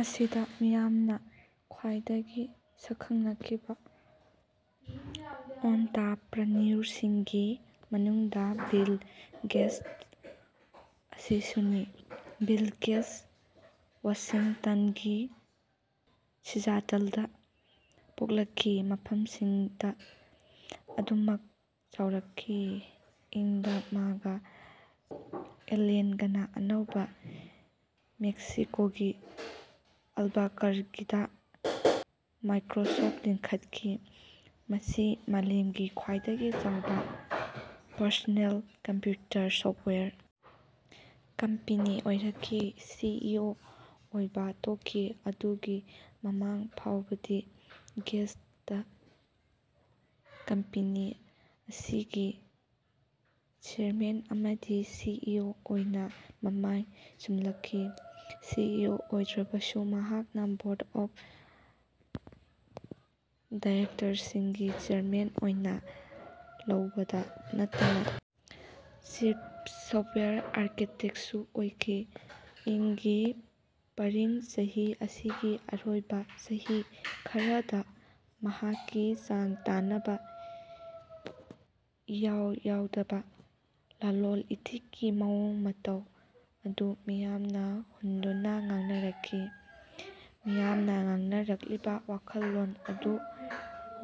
ꯑꯁꯤꯗ ꯃꯤꯌꯥꯝꯅ ꯈ꯭ꯋꯥꯏꯗꯒꯤ ꯁꯛꯈꯪꯅꯈꯤꯕ ꯑꯣꯟꯇꯄ꯭ꯔꯦꯅꯌ꯭ꯨꯔꯁꯤꯡꯒꯤ ꯃꯅꯨꯡꯗ ꯕꯤꯜ ꯒꯦꯠꯁ ꯑꯁꯤꯁꯨꯅꯤ꯫ ꯕꯤꯜ ꯒꯦꯠꯁ ꯋꯥꯁꯤꯡꯇꯟꯒꯤ ꯁꯤꯌꯥꯇꯜꯗ ꯄꯣꯛꯂꯛꯈꯤ ꯃꯐꯝꯁꯤꯗ ꯑꯗꯨꯃꯛ ꯆꯥꯎꯔꯛꯈꯤ꯫ ꯏꯪ ꯗ ꯃꯥꯒ ꯑꯦꯜꯂꯦꯟꯒꯅ ꯑꯅꯧꯕ ꯃꯦꯛꯁꯤꯀꯣꯒꯤ ꯑꯜꯕꯀꯔꯀꯤꯗ ꯃꯥꯏꯀ꯭ꯔꯣꯁꯣꯐ꯭ꯇ ꯂꯤꯡꯈꯠꯈꯤ꯫ ꯃꯁꯤ ꯃꯥꯂꯦꯝꯒꯤ ꯈ꯭ꯋꯥꯏꯗꯒꯤ ꯆꯥꯎꯕ ꯄꯔꯁꯅꯦꯜ ꯀꯝꯄꯌ꯭ꯨꯇꯔ ꯁꯣꯐ꯭ꯇꯋꯦꯌꯔ ꯀꯝꯄꯦꯅꯤ ꯑꯣꯏꯔꯛꯈꯤ꯫ ꯁꯤ ꯏ ꯑꯣ ꯑꯣꯏꯕ ꯇꯣꯛꯈꯤ ꯑꯗꯨꯒꯤ ꯃꯃꯥꯡ ꯐꯥꯎꯕꯗꯤ ꯒꯦꯠꯁꯇꯥ ꯀꯝꯄꯦꯅꯤ ꯑꯁꯤꯒꯤ ꯆꯦꯌꯔꯃꯦꯟ ꯑꯃꯗꯤ ꯁꯤ ꯏ ꯑꯣ ꯑꯣꯏꯅ ꯃꯃꯥꯏ ꯆꯨꯝꯂꯛꯈꯤ꯫ ꯁꯤ ꯏ ꯑꯣ ꯑꯣꯏꯗꯔꯕꯁꯨ ꯃꯍꯥꯛꯅ ꯕꯣꯔ꯭ꯗ ꯑꯣꯐ ꯗꯤꯔꯦꯛꯇꯔꯁꯤꯡꯒꯤ ꯆꯦꯌꯔꯃꯦꯟ ꯑꯣꯏꯅ ꯂꯧꯕꯗ ꯅꯠꯇꯅ ꯆꯤꯐ ꯁꯣꯐ꯭ꯇꯋꯦꯌꯔ ꯑꯥꯔꯀꯤꯇꯦꯛꯁꯨ ꯑꯣꯏꯈꯤ꯫ ꯏꯪ ꯒꯤ ꯄꯥꯔꯤꯡ ꯆꯍꯤ ꯑꯁꯤꯒꯤ ꯑꯔꯣꯏꯕ ꯆꯍꯤ ꯈꯔꯗ ꯃꯍꯥꯛꯀꯤ ꯆꯥꯡ ꯇꯥꯟꯅꯕ ꯏꯌꯥꯎ ꯌꯥꯎꯗꯕ ꯂꯜꯂꯣꯜ ꯏꯇꯤꯛꯀꯤ ꯃꯑꯣꯡ ꯃꯇꯧ ꯑꯗꯨ ꯃꯤꯌꯥꯝꯅ ꯍꯨꯟꯗꯨꯅ ꯉꯥꯡꯅꯔꯛꯈꯤ꯫ ꯃꯤꯌꯥꯝꯅ ꯉꯥꯡꯅꯔꯛꯂꯤꯕ ꯋꯥꯈꯜꯂꯣꯜ ꯑꯗꯨ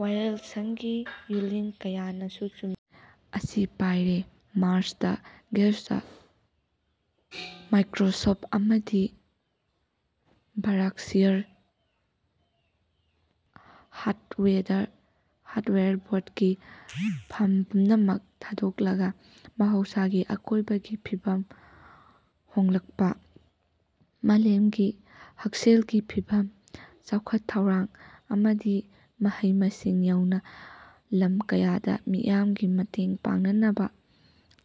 ꯋꯥꯌꯦꯜꯁꯪꯒꯤ ꯔꯨꯂꯤꯡ ꯀꯌꯥꯅꯁꯨ ꯆꯨꯝꯃꯤ ꯑꯁꯤ ꯄꯥꯏꯔꯦ꯫ ꯃꯥꯔꯆ ꯗ ꯒꯦꯠꯁꯇꯥ ꯄꯃꯥꯏꯀ꯭ꯔꯣꯁꯣꯐ꯭ꯇ ꯑꯃꯗꯤ ꯕꯔꯛꯁꯥꯏ꯭ꯔ ꯍꯥꯊꯋꯦꯗ ꯕꯣꯔ꯭ꯗꯀꯤ ꯐꯝ ꯄꯨꯝꯅꯃꯛ ꯊꯥꯗꯣꯛꯂꯒ ꯃꯍꯧꯁꯥꯒꯤ ꯑꯀꯣꯏꯕꯒꯤ ꯐꯤꯚꯝ ꯍꯣꯡꯂꯛꯄ, ꯃꯥꯂꯦꯝꯒꯤ ꯍꯛꯁꯦꯜꯒꯤ ꯐꯤꯚꯝ, ꯆꯥꯎꯈꯠ ꯊꯧꯔꯥꯡ ꯑꯃꯗꯤ ꯃꯍꯩ ꯃꯁꯤꯡ ꯌꯥꯎꯅ ꯂꯝ ꯀꯌꯥꯗ ꯃꯤꯌꯥꯝꯒꯤ ꯃꯇꯦꯡ ꯄꯥꯡꯅꯅꯕ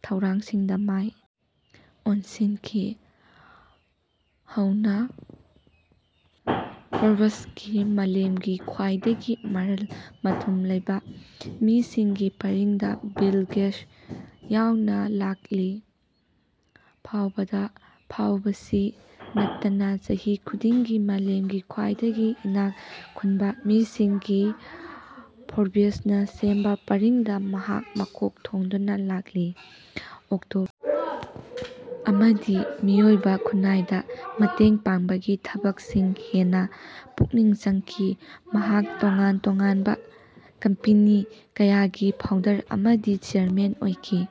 ꯊꯧꯔꯥꯡꯁꯤꯡꯗ ꯃꯥꯏ ꯑꯣꯟꯁꯤꯟꯈꯤ꯫ ꯍꯧꯅ ꯐꯣꯔꯕ꯭ꯁ ꯀꯤ ꯃꯥꯂꯦꯝꯒꯤ ꯈ꯭ꯋꯥꯏꯗꯒꯤ ꯃꯔꯜ ꯃꯊꯨꯝ ꯂꯩꯕ ꯃꯤꯁꯤꯡꯒꯤ ꯄꯔꯤꯡꯗ ꯕꯤꯜ ꯒꯦꯠꯁ ꯌꯥꯎꯅ ꯂꯥꯛꯂꯤ꯫ ꯐꯥꯎꯕꯗ ꯐꯥꯎꯕꯁꯤ ꯅꯠꯇꯅ ꯆꯍꯤ ꯈꯨꯗꯤꯡꯒꯤ ꯃꯥꯂꯦꯝꯒꯤ ꯈ꯭ꯋꯥꯏꯗꯒꯤ ꯏꯅꯥꯛ ꯈꯨꯟꯕ ꯃꯤꯁꯤꯡꯒꯤ ꯐꯣꯔꯕ꯭ꯁꯅ ꯁꯦꯝꯕ ꯄꯔꯤꯡꯗ ꯃꯍꯥꯛ ꯃꯀꯣꯛ ꯊꯣꯡꯗꯨꯅ ꯂꯥꯛꯂꯤ꯫ ꯑꯣꯛꯇꯣꯕꯔ ꯑꯃꯗꯤ ꯃꯤꯑꯣꯏꯕ ꯈꯨꯟꯅꯥꯏꯗ ꯃꯇꯦꯡ ꯄꯥꯡꯕꯒꯤ ꯊꯕꯛꯁꯤꯡ ꯍꯦꯟꯅ ꯄꯨꯛꯅꯤꯡ ꯆꯪꯈꯤ꯫ ꯃꯍꯥꯛ ꯇꯣꯉꯥꯟ ꯇꯣꯉꯥꯟꯕ ꯀꯝꯄꯦꯅꯤ ꯀꯌꯥꯒꯤ ꯐꯥꯎꯟꯗꯔ ꯑꯃꯗꯤ ꯆꯦꯌꯔꯃꯦꯟ ꯑꯣꯏꯈꯤ꯫